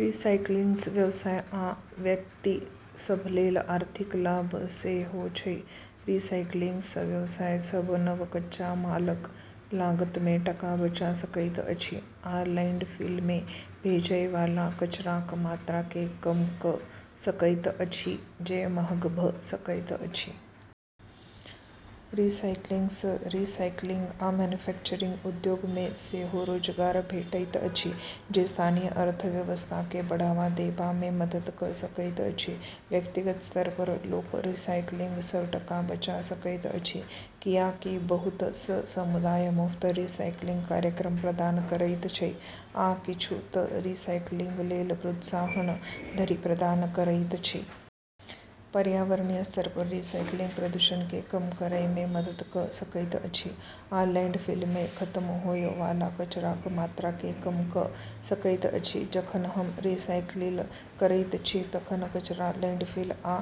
रिसाइकिलिंगसँ व्यवसाय आ व्यक्ति सभलेल आर्थिक लाभ सेहो छै। रिसाइकिलिंगसँ व्यवसाय सभ नव कच्चा मालक लागतमे टका बचा सकैत अछि, आ लैंडफिलमे भेजय वाला कचराक मात्राकेँ कम कऽ सकैत अछि, जे महग भऽ सकैत अछि। रिसाइकिलिंगसँ रीसाइक्लिंग आ मैन्युफैक्चरिंग उद्योगमे सेहो रोजगार भेटैत अछि, जे स्थानीय अर्थव्यवस्थाकेँ बढ़ावा देबामे मदद कऽ सकैत अछि। व्यक्तिगत स्तरपर लोक रिसाइकिलिंगसँ टका बचा सकैत अछि, कियाकि बहुत सँ समुदाय मुफ्त रीसाइक्लिंग कार्यक्रम प्रदान करैत छै, आ किछु तँ रिसाइकिलिंगलेल प्रोत्साहन धरि प्रदान करैत छै। पर्यावरणीय स्तरपर रिसाइकिलिंग प्रदूषणकेँ कम करैमे मदद कऽ सकैत अछि आ लैंडफिलमे खतम होय वाला कचराक मात्राकेँ कम कऽ सकैत अछि। जखन हम रिसाइकिल करैत छी तखन कचरा लैंडफिल आ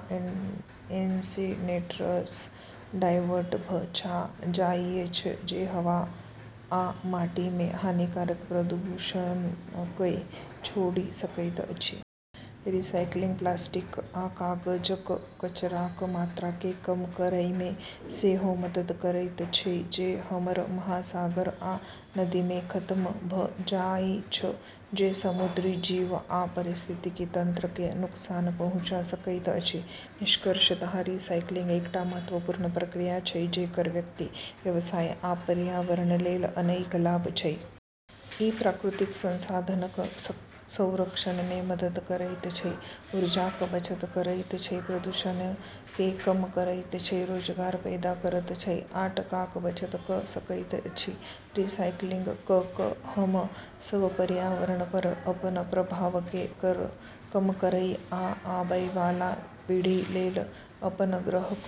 इंसिनेटरसँ डायवर्ट भऽ जाइछ, जे हवा आ माटीमे हानिकारक प्रदूषककेँ छोड़ि सकैत अछि। रिसाइकिलिंग प्लास्टिक आ कागजक कचराक मात्राकेँ कम करैमे सेहो मदद करैत छै जे हमर महासागर आ नदीमे खतम भऽ जाइछ, जे समुद्री जीवन आ पारिस्थितिकी तंत्रकेँ नुकसान पहुँचा सकैत अछि। निष्कर्षतः, रीसाइक्लिंग एकटा महत्वपूर्ण प्रक्रिया छै जेकर व्यक्ति, व्यवसाय आ पर्यावरणलेल अनेक लाभ छै। ई प्राकृतिक संसाधनक संरक्षणमे मदद करैत छै, ऊर्जाक बचत करैत छै, प्रदूषणकेँ कम करैत छै, रोजगार पैदा करैत छै, आ टकाक बचत कऽ सकैत अछि। रिसाइकिलिंग कऽ कऽ हम सभ पर्यावरणपर अपन प्रभावकेँ कम करै आ आबै वाला पीढ़ीलेल अपन ग्रहक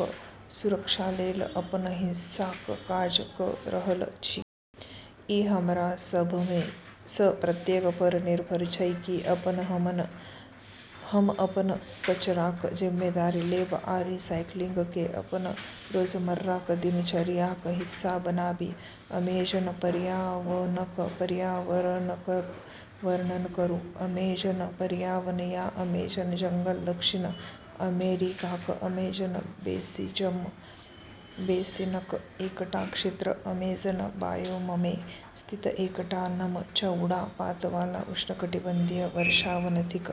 सुरक्षालेल अपन हिस्साक काज कऽ रहल छी। ई हमरा सभमे सँ प्रत्येकपर निर्भर छै कि हम अपन कचराक जिम्मेदारी लेब आ रिसाइकिलिंगकेँ अपन रोजमर्राक दिनचर्याक हिस्सा बनाबी। अमेजन वर्षावनक पर्यावरणक वर्णन करू। अमेजन वर्षावन या अमेजन जंगल दक्षिण अमेरिकाक अमेजन बेसिनक एकटा क्षेत्र अमेजन बायोममे स्थित एकटा नम चौड़ा पात वाला उष्णकटिबंधीय वर्षावन थिक।